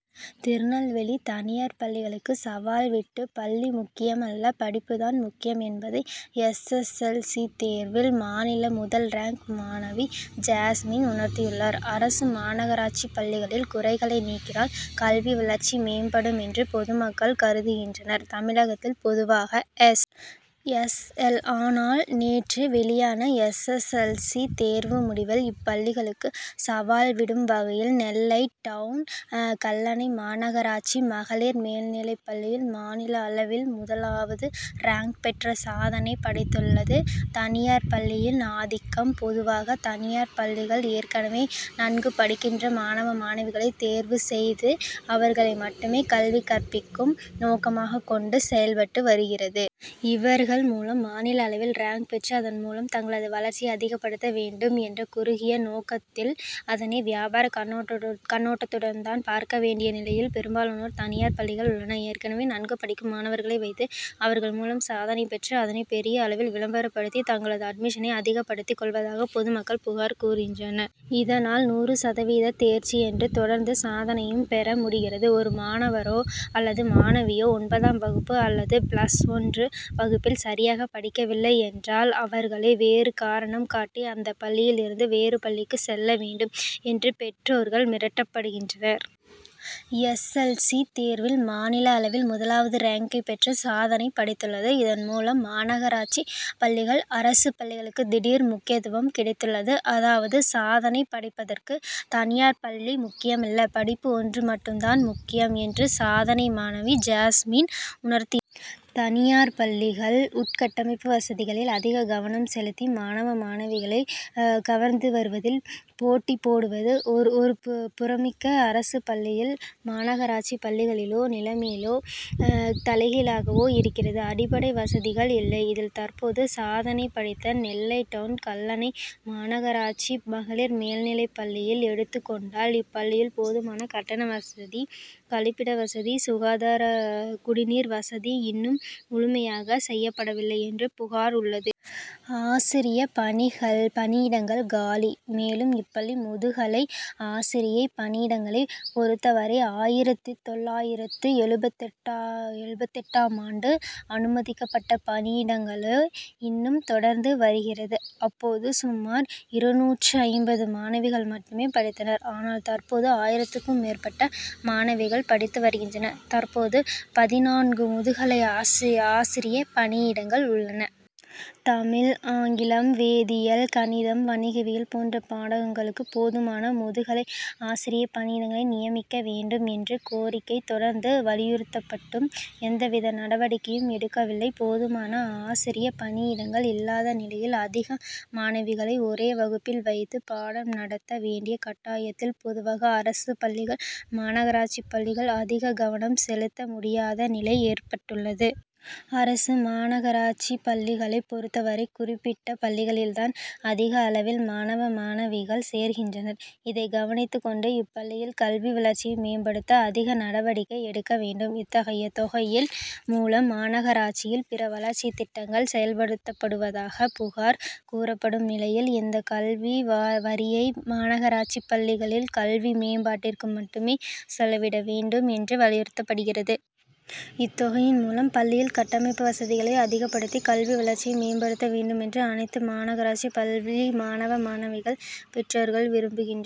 திருநெல்வேலி தனியார் பள்ளிகளுக்கு சவால்விட்டு பள்ளி முக்கியமல்ல, படிப்புதான் முக்கியம் என்பதை எஸ். எஸ். எல். சி தேர்வில் மாநில முதல் ரேங்க் மாணவி ஜாஸ்மின் உணர்த்தியுள்ளார். அரசு, மாநகராட்சி பள்ளிகளில் குறைகளை நீக்கினால் கல்வி வளர்ச்சி மேம்படும் என்று பொதுமக்கள் கருதுகின்றனர். தமிழகத்தில் பொதுவாக எஸ். எஸ். எல். ஆனால் நேற்று வெளியான எஸ். எஸ். எல். சி தேர்வு முடிவில் இப்பள்ளிகளுக்கு சவால்விடும் வகையில் நெல்லை டவுன் கல்லணை மாநகராட்சி மகளிர் மேல்நிலைப் பள்ளி மாநில அளவில் முதலாவது ரேங்க் பெற்று சாதனை படைத்துள்ளது. தனியார் பள்ளிகள் ஆதிக்கம்: பொதுவாக தனியார் பள்ளிகள் ஏற்கனவே நன்கு படிக்கின்ற மாணவ, மாணவிகளை தேர்வு செய்து அவர்களுக்கு மட்டுமே கல்வியை கற்பிக்கும் நோக்கமாக கொண்டு செயல்பட்டு வருகிறது. இவர்கள் மூலம் மாநில அளவில் ரேங்க் பெற்று அதன் மூலம் தங்களது வளர்ச்சியை அதிகப்படுத்த வேண்டும் என்ற குறுகிய நோக்கத்தில் அதனை வியாபார கண்ணோட்டுட கண்ணோட்டத்துடன்தான் பார்க்க வேண்டிய நிலையில் பெரும்பாலான தனியார் பள்ளிகள் உள்ளன. ஏற்கனவே நன்கு படிக்கும் மாணவர்களை வைத்து அவர்கள் மூலம் சாதனை செய்து அதனை பெரிய அளவில் விளம்பரப்படுத்தி தங்களது அட்மிஷனை அதிகப்படுத்தி கொள்வதாக பொதுமக்கள் புகார் கூறுகின்றனர். இதனால் நூறு சதவீத தேர்ச்சி என்று தொடர்ந்து சாதனையையும் பெற முடிகிறது. ஒரு மாணவரோ அல்லது மாணவியோ ஒன்பதாம் வகுப்பு அல்லது பிளஸ் ஒன்று வகுப்பில் சரியாக படிக்கவில்லை என்றால் அவர்களை வேறு காரணம் காட்டி அந்த பள்ளியில் இருந்து வேறு பள்ளிக்கு செல்ல வேண்டும் என்று பெற்றோர்கள் மிரட்டப்படுகின்றனர். எஸ். எல். சி தேர்வில் மாநில அளவில் முதலாவது ரேங்க்கை பெற்று சாதனை படைத்துள்ளது. இதன் மூலம் மாநகராட்சி பள்ளிகள், அரசு பள்ளிகளுக்கு திடீர் முக்கியத்துவம் கிடைத்துள்ளது. அதாவது, சாதனை படைப்பதற்கு தனியார் பள்ளி முக்கியமல்ல, படிப்பு ஒன்று மட்டும்தான் முக்கியம் என்று சாதனை மாணவி ஜாஸ்மின் உணர்த்தி. தனியார் பள்ளிகள் உட்கட்டமைப்பு வசதிகளில் அதிக கவனம் செலுத்தி மாணவ, மாணவிகளை கவர்ந்துவருதில் போட்டி போடுவது ஒரு ஒருபுறமிக்க, அரசு பள்ளிகள், மாநகராட்சி பள்ளிகளிலோ நிலைமையிலோ தலைகீழாகவே இருக்கிறது. அடிப்படை வசதிகள் இல்லை: இதில் தற்போது சாதனை படைத்த நெல்லை டவுன் கல்லணை மாநகராட்சி மகளிர் மேல்நிலைப் பள்ளியை எடுத்து கொண்டால் இப்பள்ளியில் போதுமான கட்டண வசதி, கழிப்பிட வசதி, சுகாதார குடிநீர் வசதி இன்னும் முழுமையாக செய்யப்படவில்லை என்ற புகார் உள்ளது. ஆசிரிய பணிகள் பணியிடங்கள் "காலி': மேலும், இப்பள்ளியில் முதுகலை ஆசிரிய பணியிடங்களை பொறுத்தவரை ஆயிரத்து தொள்ளாயிரத்து எழுபத்தெட்டாம் எழுபத்தெட்டாம் ஆண்டு அனுமதிக்கப்பட்ட பணியிடங்களோ இன்னும் தொடர்ந்து வருகிறது. அப்போது சுமார் இருநூற்று ஐம்பது மாணவிகள் மட்டுமே படித்தனர். ஆனால் தற்போது ஆயிரத்திற்கும் மேற்பட்ட மாணவிகள் படித்து வருகின்றனர். தற்போது பதினான்கு முதுகலை ஆசிரிய ஆசிரிய பணியிடங்கள் உள்ளன. தமிழ், ஆங்கிலம், வேதியியல், கணிதம், வணிகவியல் போன்ற பாடங்களுக்கு போதுமான முதுகலை ஆசிரிய பணியிடங்களை நியமிக்க வேண்டும் என்ற கோரிக்கை தொடர்ந்து வலியுறுத்தப்பட்டும் எந்தவித நடவடிக்கையும் எடுக்கவில்லை. போதுமான ஆசிரிய பணியிடங்கள் இல்லாத நிலையில் அதிக மாணவிகளை ஒரே வகுப்பில் வைத்து பாடம் நடத்த வேண்டிய கட்டாயத்தில் பொதுவாக அரசு பள்ளிகள், மாநகராட்சி பள்ளிகளில் அதிக கவனம் செலுத்த முடியாத நிலை ஏற்பட்டுள்ளது. அரசு, மாநகராட்சி பள்ளிகளை பொறுத்தவரை குறிப்பிட்ட பள்ளிகளில்தான் அதிக அளவில் மாணவ, மாணவிகள் சேர்கின்றனர். இதனை கவனித்துக் கொண்டு இப்பள்ளிகளில் கல்வி வளர்ச்சியை மேம்படுத்த அதிக நடவடிக்கை எடுக்க வேண்டும். இத்தகை தொகையில் மூலம் மாநகராட்சியில் பிற வளர்ச்சி திட்டங்கள் செயல்படுத்தப்படுவதாக புகார் கூறப்படும் நிலையில் இந்த கல்வி வா வரியை மாநகராட்சி பள்ளிகளின் கல்வி மேம்பாட்டிற்கு மட்டுமே செலவிட வேண்டும் என்று வலியுறுத்தப்படுகிறது. இத்தொகையின் மூலம் பள்ளிகளில் கட்டமைப்பு வசதிகளை அதிகப்படுத்தி கல்வி வளர்ச்சியை மேம்படுத்த வேண்டும் என்று அனைத்து மாநகராட்சி பள்வி மாணவ, மாணவிகள், பெற்றோர்கள் விரும்புகின்.